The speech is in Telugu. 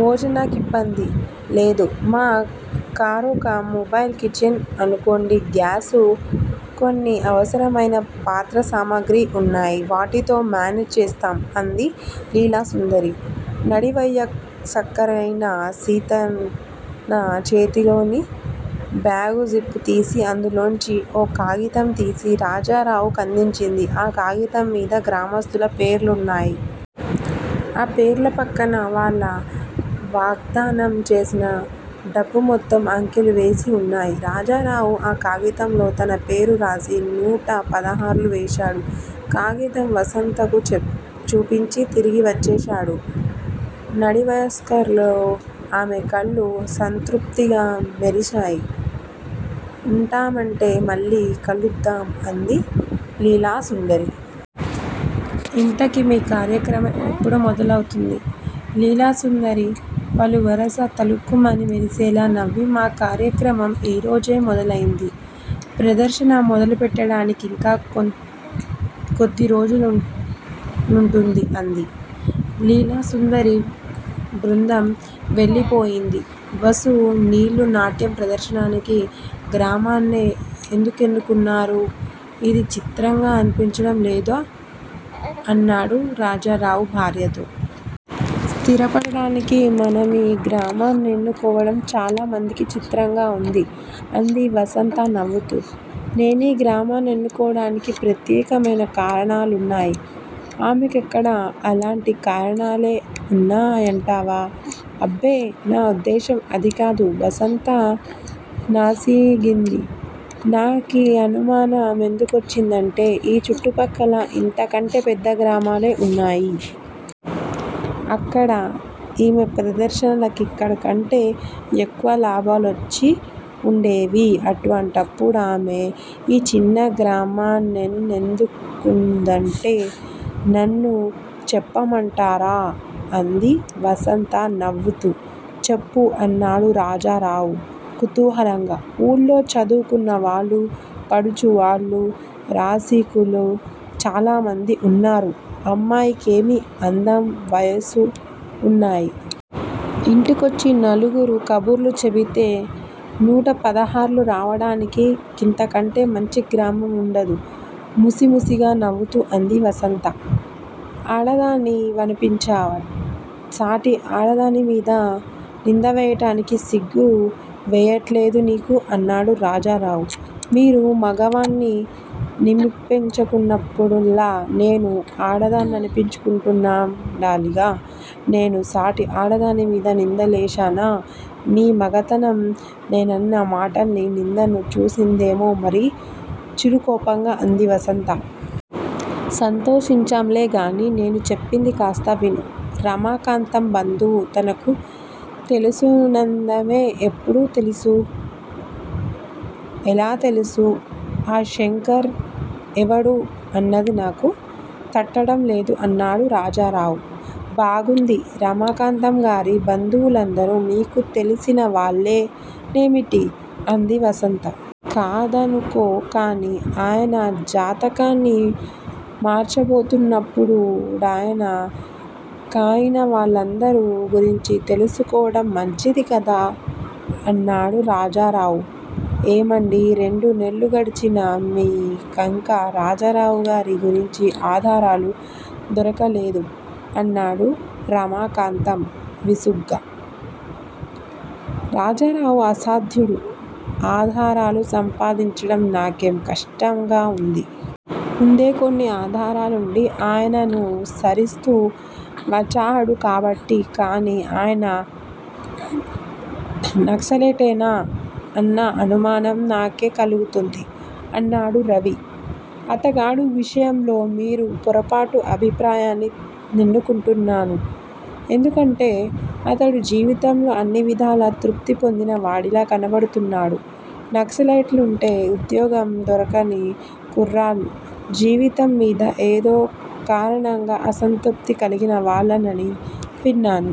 భోజనాకిబ్బంది. లేదు. మా కారొక ముబైల్ కిచెన్ అనుకోండి గ్యాసూ, కొన్ని అవసరమయిన పాత్ర సామగ్రి ఉన్నాయి వాటితో మానేజ్ చేసేస్తాం అంది లీలాసుందరి. నడివయసక్కరాలయిన సితన చేతిలోని బ్యాగుజిఫ్ తీసి, అందులోంచి ఓ కాగితం తీసి రాజారావు కందించింది. ఆ కాగితం మీద గ్రామస్తుల పేర్లున్నాయి. ఆ పేర్ల పక్కన వాళ్ళు వాగ్ధానం చేసిన డబ్బు మొత్తం అంకెలువేసి ఉన్నాయి. రాజారావు ఆ కాగితంలో తన పేరూ రాసి, నూట పదహార్లు వేశాడు. కాగితం వసంతకు చూపించి, తిరిగివచ్చేశాడు నడివయస్కుర్లు ఆమె కళ్ళు సంతృప్తితో మెరిశాయి. ఉంటామండి. మళ్ళీ కలుద్దాం అంది లీలా సుందరి. ఇంతకీ మీ కార్యక్రమం ఎప్పుడు మొదలవుతుంది.? లీలాసుందరి పలువరస తళుక్కుమని మెరిసేలా నవ్వి మా కార్యక్రమం ఈరోజే మొదలయింది. ప్రదర్శన మొదలుపెట్టడానికికింకా కొద్ది రోజులుంటుంది అంది. లీలాసుందరి బృదం వెళ్ళిపోయింది. వసూ వీళ్ళు నాట్య ప్రదర్శనకీ గ్రామాన్నే ఎందుకెన్నుకున్నారు? ఇది చిత్రంగా అనిపించడం లేదూ? ' అన్నాడు రాజారావు భార్యతో. స్థిరపడటానికి మనమీ గ్రామనేన్నుకోవడం చాలా మందికి చిత్రంగా ఉంది. అంది వసంత నవ్వుతూ. నేనీ గ్రామాన్నేన్నుకోవడానికి ప్రత్యేకమయిన కారణాలున్నాయి. అమెక్కూడా అలాంటి కారణాలే ఉన్నా యంటవా? అబ్బే నా ఉద్దేశ్యం అదికాదు వసంత నసిగింది. నాకీ అనుమాన మెందుకొచ్చిందంటే ఈ చుట్టుపక్కల ఇంతకంటే పెద్ద గ్రామాలే ఉన్నాయి. అక్కడ ఈమె ప్రదర్శనల కిక్కడకంటే ఎక్కువ లాభాలోచ్చి ఉండేవి అటువంటప్పుడుమే ఈ చిన్న గ్రామాన్నేన్నుకుందంటే నన్ను చెప్పమంటారా? ' అంది వసంత నవ్వుతూ. చెప్పు! అన్నాడు రాజారావు కుతూహలంగా. 'ఊళ్ళో చదువుకున్న వాళ్ళూ, పడుచువాళ్ళూ, రాసి కులూ చాలామంది ఉన్నారు. అమ్మాయి కేమీ అందం, వయసూ ఉన్నాయి. ఇంటికొచ్చి నాలుగురూ కబుర్లు చెబితే నూటపదహార్లు రావడాని కింతకంటే మంచి గ్రామముండదు ముసిముసిగా నవ్వుతూ అంది వసంత. అడదాని వనిపించావు. సాటి ఆడదానిమీద నిందవేయడానికి సిగ్గు వేయలేదు నీకు? అన్నాడు రాజారావు. మీరు మగవాణ్ణి నిపిమ్చుకున్నప్పుడల్లా నేనూ ఆడదాన్ననిపించుకుంటూండాలిగా! నేను సాటి ఆడదానిమీద నిందవేశానా? మీ మగతనం నేనన్న మాటల్లో నిందను చూసిందేమో మరి చిరుకోపంగా అంది వసంత. సంతోషించాంలే గానీ నేను చెప్పింది కాస్త విను రమాకాంతం బంధువు తనకు తెలుసునందానే ఎప్పుడు తెలుసు, ఎలా తెలుసు? ఆ శంఖర్ ఎవడూ అన్నది నాకు తట్టడంలేదు అన్నాడు రాజారావు. బాగుంది __ రమాకాంతంగారి బంధువులందరూ మీకు తెలిసిన వాళ్ళే నేమిటి? ' అంది వసంత. కాదనుకో కానీ, అయన జాతకాన్ని మార్చబోతున్నప్పు డాయన కయిన వాళ్ళుందరూ గురించీ తెలుసుకోవడం మంచిది కదా! అన్నాడు రాజారావు. ఏమండీ రెండు నెల్లు గడిచినా, మీకింకా రాజరావుగారి గురించిన ఆధారాలు దొరకలేదా? అన్నాడు రామాకంతం విసుగ్గా. రాజారావు అసాధ్యుడు. ఆధారాలు సంపాదించడం నాకే కష్టంగా ఉంది. ముందే కొన్ని ఆధారాలుండి అయన్ననుసరిస్తూ వచహాడు కాబట్టి కానీ, అయన నక్సలైట్టేనా? అన్న అనుమానం నాకే కలుగుతోంది. _- అన్నాడు రవి. అతగాడు విషయంలో మీది పొరపాటు అభిప్రాయమని నన్నుకుంటున్నాను. ఎందుకంటే, అతడు జీవితంలో అన్నివిధాలా తృప్తిపొందిన వాడిలా కనబడుతూన్నాడు. నక్సలైటు ట్లంటే ఉద్యోగాల్దోరకని కుర్రాళ్ళూ జీవితం మీద ఏదో కారణంగా అసంతృప్తి కలిగినవాళ్ళూనని విన్నాను.